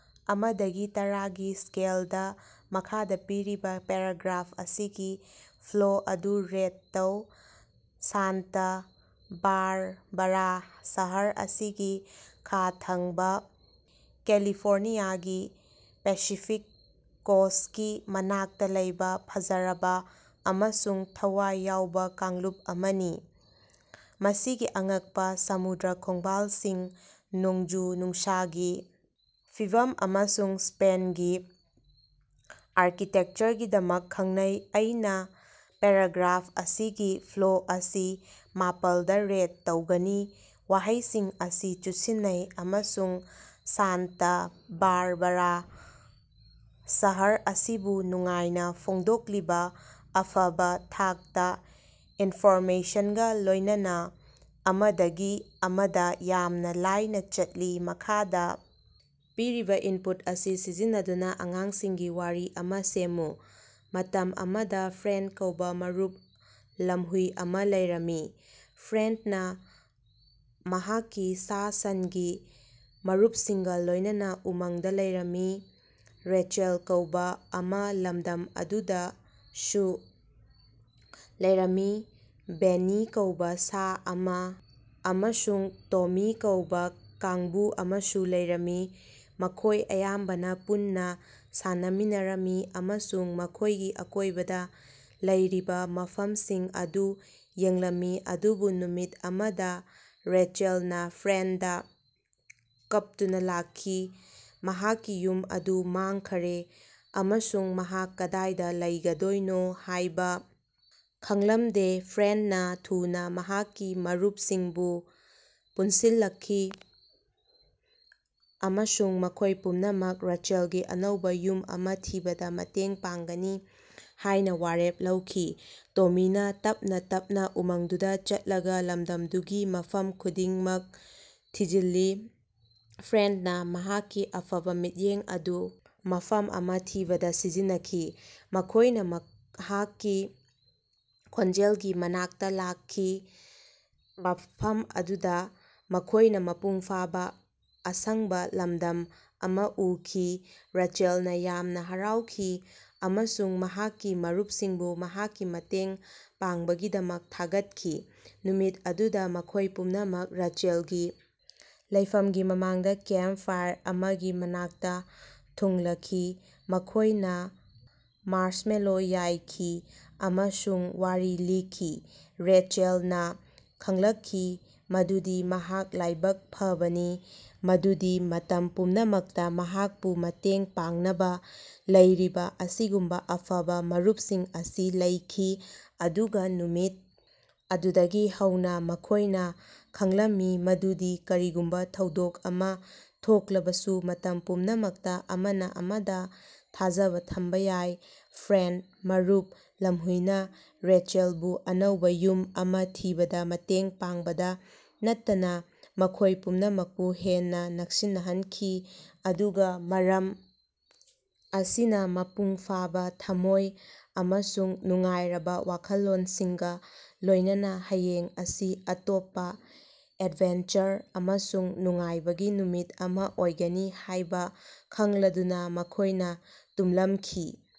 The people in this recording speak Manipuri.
ꯑꯃꯗꯒꯤ ꯇꯔꯥꯒꯤ ꯁ꯭ꯀꯦꯜꯗ ꯃꯈꯥꯗ ꯄꯤꯔꯤꯕ ꯄꯦꯔꯥꯒ꯭ꯔꯥꯐ ꯑꯁꯤꯒꯤ ꯐ꯭ꯂꯣ ꯑꯗꯨ ꯔꯦꯠ ꯇꯧ꯫ ꯁꯥꯟꯇ ꯕꯥꯔꯕꯥꯔꯥ ꯁꯍꯔ ꯑꯁꯤꯒꯤ ꯈꯥ ꯊꯪꯕꯥ ꯀꯦꯂꯤꯐꯣꯔꯅꯤꯌꯥꯒꯤ ꯄꯦꯁꯤꯐꯤꯛ ꯀꯣꯁꯀꯤ ꯃꯅꯥꯛꯇ ꯂꯩꯕ ꯐꯖꯔꯕ ꯑꯃꯁꯨꯡ ꯊꯋꯥꯏ ꯌꯥꯎꯕ ꯀꯥꯡꯂꯨꯞ ꯑꯃꯅꯤ꯫ ꯃꯁꯤꯒꯤ ꯑꯉꯛꯄ ꯁꯃꯨꯗ꯭ꯔ ꯈꯣꯡꯕꯥꯜꯁꯤꯡ ꯅꯣꯡꯖꯨ-ꯅꯨꯡꯁꯥꯒꯤ ꯐꯤꯕꯝ ꯑꯃꯁꯨꯡ ꯁ꯭ꯄꯦꯟꯒꯤ ꯑꯥꯔꯀꯤꯇꯦꯛꯆꯔꯒꯤꯗꯃꯛ ꯈꯡꯅꯩ꯫ ꯑꯩꯅꯥ ꯄꯦꯔꯥꯒ꯭ꯔꯥꯐ ꯑꯁꯤꯒꯤ ꯐ꯭ꯂꯣ ꯑꯁꯤ ꯃꯥꯄꯜꯗ ꯔꯦꯠ ꯇꯧꯒꯅꯤ꯫ ꯋꯥꯍꯩꯁꯤꯡ ꯑꯁꯤ ꯆꯨꯁꯤꯟꯅꯩ ꯑꯃꯁꯨꯡ ꯁꯥꯟꯇꯥ ꯕꯥꯔꯕꯥꯔꯥ ꯁꯍꯔ ꯑꯁꯤꯕꯨ ꯅꯨꯡꯉꯥꯏꯅ ꯐꯣꯡꯗꯣꯛꯂꯤꯕ ꯑꯐꯕꯥ ꯊꯥꯛꯇ ꯏꯟꯐꯣꯔꯃꯦꯁꯟꯒꯥ ꯂꯣꯢꯅꯅꯥ ꯑꯃꯗꯒꯤ ꯑꯃꯗ ꯌꯥꯝꯅ ꯂꯥꯏꯅ ꯆꯠꯂꯤ꯫ ꯃꯈꯥꯗ ꯄꯤꯔꯤꯕ ꯏꯟꯄꯨꯠ ꯑꯁꯤ ꯁꯤꯖꯤꯟꯅꯗꯨꯅ ꯑꯉꯥꯡꯁꯤꯡꯒꯤ ꯋꯥꯔꯤ ꯑꯃ ꯁꯦꯝꯃꯨ꯫ ꯃꯇꯝ ꯑꯃꯗ ꯐ꯭ꯔꯦꯗ ꯀꯧꯕꯥ ꯃꯔꯨꯞ ꯂꯝꯍꯨꯏ ꯑꯃ ꯂꯩꯔꯝꯃꯤ꯫ ꯐ꯭ꯔꯦꯗꯅ ꯃꯍꯥꯛꯀꯤ ꯁꯥ-ꯁꯟꯒꯤ ꯃꯔꯨꯞꯁꯤꯡꯒ ꯂꯣꯢꯅꯅꯥ ꯎꯃꯪꯗꯥ ꯂꯩꯔꯝꯃꯤ꯫ ꯔꯦꯆꯦꯜ ꯀꯧꯕꯥ ꯑꯃ ꯂꯝꯗꯝ ꯑꯗꯨꯗꯁꯨ ꯂꯩꯔꯝꯃꯤ꯫ ꯕꯦꯅꯤ ꯀꯧꯕꯥ ꯁꯥ ꯑꯃ ꯑꯃꯁꯨꯡ ꯇꯣꯃꯤ ꯀꯧꯕꯥ ꯀꯥꯡꯕꯨ ꯑꯃꯁꯨ ꯂꯩꯔꯝꯃꯤ꯫ ꯃꯈꯣꯢ ꯑꯌꯥꯝꯕꯅ ꯄꯨꯟꯅꯥ ꯁꯥꯟꯅꯃꯤꯟꯅꯔꯝꯃꯤ ꯑꯃꯁꯨꯡ ꯃꯈꯣꯢꯒꯤ ꯑꯀꯣꯢꯕꯗ ꯂꯩꯔꯤꯕꯥ ꯃꯐꯝꯁꯤꯡ ꯑꯗꯨ ꯌꯦꯡꯂꯝꯃꯤ꯫ ꯑꯗꯨꯕꯨ ꯅꯨꯃꯤꯠ ꯑꯃꯗ ꯔꯦꯆꯦꯜꯅ ꯐ꯭ꯔꯦꯗꯇ ꯀꯞꯇꯨꯅ ꯂꯥꯛꯈꯤ꯫ ꯃꯍꯥꯛꯀꯤ ꯌꯨꯝ ꯑꯗꯨ ꯃꯥꯡꯈ꯭ꯔꯦ ꯑꯃꯁꯨꯡ ꯃꯍꯥꯛ ꯀꯗꯥꯏꯗ ꯂꯩꯒꯗꯣꯏꯅꯣ ꯍꯥꯢꯕ ꯈꯡꯂꯝꯗꯦ꯫ ꯐ꯭ꯔꯦꯗꯅ ꯊꯨꯅꯥ ꯃꯍꯥꯛꯀꯤ ꯃꯔꯨꯄꯁꯤꯡꯕꯨ ꯄꯨꯟꯁꯤꯜꯂꯛꯈꯤ ꯑꯃꯁꯨꯡ ꯃꯈꯣꯢ ꯄꯨꯝꯅꯃꯛ ꯔꯦꯆꯦꯜꯒꯤ ꯑꯅꯧꯕ ꯌꯨꯝ ꯑꯃ ꯊꯤꯕꯗ ꯃꯇꯦꯡ ꯄꯥꯡꯒꯅꯤ ꯍꯥꯢꯅ ꯋꯥꯔꯦꯞ ꯂꯧꯈꯤ꯫ ꯇꯣꯃꯤꯅꯥ ꯇꯞꯅꯥ ꯇꯞꯅꯥ ꯎꯃꯪꯗꯨꯗ ꯆꯠꯂꯒ ꯂꯝꯗꯝꯗꯨꯒꯤ ꯃꯐꯝ ꯈꯨꯗꯤꯡꯃꯛ ꯊꯤꯖꯤꯜꯂꯤ꯫ ꯐ꯭ꯔꯦꯗꯅꯥ ꯃꯍꯥꯛꯀꯤ ꯑꯐꯕꯥ ꯃꯤꯠꯌꯦꯡ ꯑꯗꯨ ꯃꯐꯝ ꯑꯃ ꯊꯤꯕꯗ ꯁꯤꯖꯤꯟꯅꯈꯤ꯫ ꯃꯈꯣꯢꯅ ꯃꯍꯥꯛꯀꯤ ꯈꯣꯟꯖꯦꯜꯒꯤ ꯃꯅꯥꯛꯇ ꯂꯥꯛꯈꯤ ꯃꯐꯝ ꯑꯗꯨꯗ ꯃꯈꯣꯢꯅ ꯃꯄꯨꯡ ꯐꯥꯕ ꯑꯁꯪꯕꯥ ꯂꯝꯗꯝ ꯑꯃ ꯎꯈꯤ꯫ ꯔꯦꯆꯦꯜꯅ ꯌꯥꯝꯅ ꯍꯔꯥꯎꯈꯤ ꯑꯃꯁꯨꯡ ꯃꯍꯥꯛꯀꯤ ꯃꯔꯨꯞꯁꯤꯡꯕꯨ ꯃꯍꯥꯛꯀꯤ ꯃꯇꯦꯡ ꯄꯥꯡꯕꯒꯤꯗꯃꯛ ꯊꯥꯒꯠꯈꯤ꯫ ꯅꯨꯃꯤꯠ ꯑꯗꯨꯗꯥ ꯃꯈꯣꯏ ꯄꯨꯝꯅꯃꯛ ꯔꯦꯆꯦꯜꯒꯤ ꯂꯩꯐꯝꯒꯤ ꯃꯃꯥꯡꯗ ꯀꯦꯝꯄ ꯐꯥꯏꯔ ꯑꯃꯒꯤ ꯃꯅꯥꯛꯇ ꯊꯨꯡꯂꯈꯤ꯫ ꯃꯈꯣꯢꯅ ꯃꯥꯔꯁꯃꯦꯂꯣ ꯌꯥꯏꯈꯤ ꯑꯃꯁꯨꯡ ꯋꯥꯔꯤ ꯂꯤꯈꯤ꯫ ꯔꯦꯆꯦꯜꯅ ꯈꯪꯂꯛꯈꯤ ꯃꯗꯨꯗꯤ ꯃꯍꯥꯛ ꯂꯥꯏꯕꯛ ꯐꯕꯅꯤ ꯃꯗꯨꯗꯤ ꯃꯇꯝ ꯄꯨꯝꯅꯃꯛꯇ ꯃꯍꯥꯛꯄꯨ ꯃꯇꯦꯡ ꯄꯥꯡꯅꯕ ꯂꯩꯔꯤꯕ ꯑꯁꯤꯒꯨꯝꯕꯥ ꯑꯐꯕ ꯃꯔꯨꯞꯁꯤꯡ ꯑꯁꯤ ꯂꯩꯈꯤ꯫ ꯑꯗꯨꯒ ꯅꯨꯃꯤꯠ ꯑꯗꯨꯗꯒꯤ ꯍꯧꯅ ꯃꯈꯣꯢꯅ ꯈꯪꯂꯝꯃꯤ ꯃꯗꯨꯗꯤ ꯀꯔꯤꯒꯨꯝꯕ ꯊꯧꯗꯣꯛ ꯑꯃ ꯊꯣꯛꯂꯕꯁꯨ ꯃꯇꯝ ꯄꯨꯝꯅꯃꯛꯇ ꯑꯃꯅ ꯑꯃꯗ ꯊꯥꯖꯕ ꯊꯝꯕ ꯌꯥꯏ꯫ ꯐ꯭ꯔꯦꯗ ꯃꯔꯨꯞ ꯂꯝꯍꯨꯏꯅ ꯔꯦꯆꯦꯜꯕꯨ ꯑꯅꯧꯕ ꯌꯨꯝ ꯑꯃ ꯊꯤꯕꯗ ꯃꯇꯦꯡ ꯄꯥꯡꯕꯇ ꯅꯠꯇꯅ ꯃꯈꯣꯢ ꯄꯨꯝꯅꯃꯛꯄꯨ ꯍꯦꯟꯅ ꯅꯛꯁꯤꯟꯅꯍꯟꯈꯤ꯫ ꯑꯗꯨꯒ ꯃꯔꯝ ꯑꯁꯤꯅ ꯃꯄꯨꯡ ꯐꯥꯕ ꯊꯃꯣꯢ ꯑꯃꯁꯨꯡ ꯅꯨꯡꯉꯥꯏꯔꯕ ꯋꯥꯈꯜꯂꯣꯟꯁꯤꯡꯒ ꯂꯣꯢꯅꯅꯥ ꯍꯌꯦꯡ ꯑꯁꯤ ꯑꯇꯣꯞꯄ ꯑꯦꯗꯚꯦꯟꯆꯔ ꯑꯃꯁꯨꯡ ꯅꯨꯡꯉꯥꯏꯕꯒꯤ ꯅꯨꯃꯤꯠ ꯑꯃꯥ ꯑꯣꯏꯒꯅꯤ ꯍꯥꯢꯕꯥ ꯈꯪꯂꯗꯨꯅ ꯃꯈꯣꯢꯅ ꯇꯨꯝꯂꯝꯈꯤ꯫